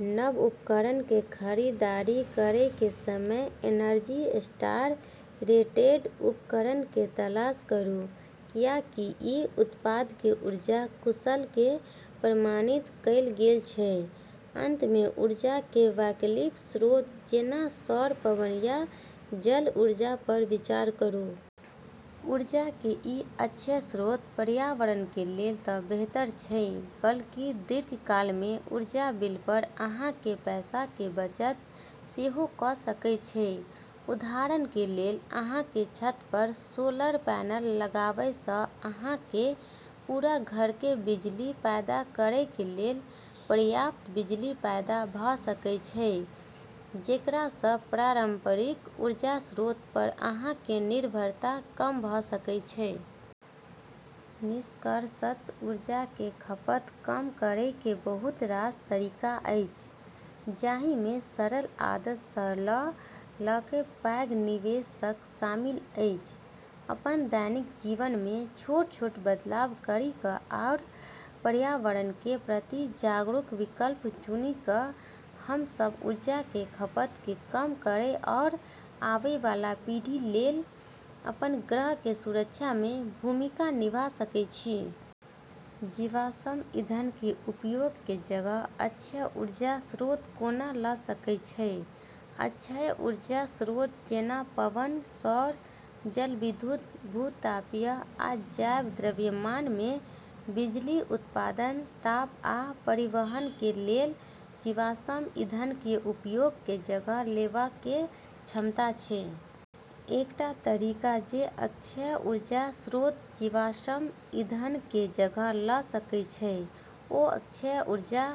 नव उपकरण के खरीदारी करय के समय एनर्जी स्टार रेटेड उपकरण के तलाश करू, कियाकि ई उत्पाद के ऊर्जा कुशल के प्रमाणित कैल गेल छै। अंत मे ऊर्जा के वैकल्पिक स्रोत जेना सौर, पवन या जल ऊर्जा पर विचार करू। ऊर्जा के ई अक्षय स्रोत पर्यावरण के लेल तऽ बेहतर छै, बल्कि दीर्घकाल मे ऊर्जा बिल पर अहाँ के पैसा के बचत सेहो कऽ सकय छै। उदाहरण के लेल, अहाँ के छत पर सोलर पैनल लगावय सँ अहाँ के पूरा घर के बिजली पैदा करय के लेल पर्याप्त बिजली पैदा भऽ सकय छै, जेकरा सँ पारंपरिक ऊर्जा स्रोत पर अहाँ के निर्भरता कम भऽ सकय छै। निष्कर्षतः ऊर्जा के खपत कम करय के बहुत रास तरीका अछि, जाहि मे सरल आदत सँ लऽ कऽ पैघ निवेश तक शामिल अछि। अपन दैनिक जीवन मे छोट-छोट बदलाव करी कऽ, आरू पर्यावरण के प्रति जागरूक विकल्प चुनी कऽ, हम्मं सब ऊर्जा के खपत के कम करै आरू आबै वाला पीढ़ी लेली अपन ग्रह के सुरक्षा मे भूमिका निभा सकै छियै। जीवाश्म ईंधन के उपयोग के जगह अक्षय ऊर्जा स्रोत कोना लऽ सकय छै? अक्षय ऊर्जा स्रोत जेना पवन, सौर, जलविद्युत, भू-तापीय, आ जैव द्रव्यमान मे बिजली उत्पादन, ताप, आ परिवहन के लेल जीवाश्म ईंधन के उपयोग के जगह लेवा के क्षमता छै। एकटा तरीका जे अक्षय ऊर्जा स्रोत जीवाश्म ईंधन के जगह लऽ सकय छै, ओ अक्षय ऊर्जा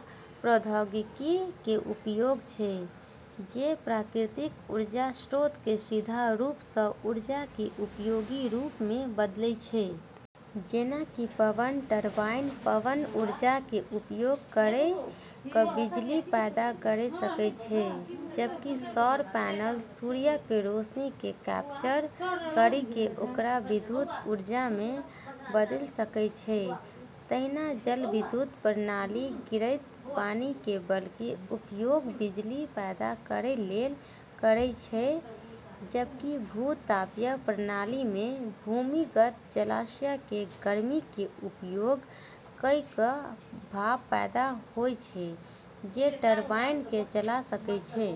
प्रौद्योगिकी के उपयोग छै जे प्राकृतिक ऊर्जा स्रोत के सीधा रूप सँ ऊर्जा के उपयोगी रूप मे बदलै छै। जेना कि पवन टरबाइन पवन ऊर्जा के उपयोग करी कऽ बिजली पैदा करी सकै छै, जबकि सौर पैनल सूर्य के रोशनी के कैप्चर करी कऽ ओकरा विद्युत ऊर्जा मे बदली सकै छै। तहिना जलविद्युत प्रणाली गिरैत पानि के बल के उपयोग बिजली पैदा करै लेली करै छै, जबकि भू-तापीय प्रणाली मे भूमिगत जलाशय के गर्मी के उपयोग कए कऽ भाप पैदा होय छै जे टरबाइन के चला सकै छै।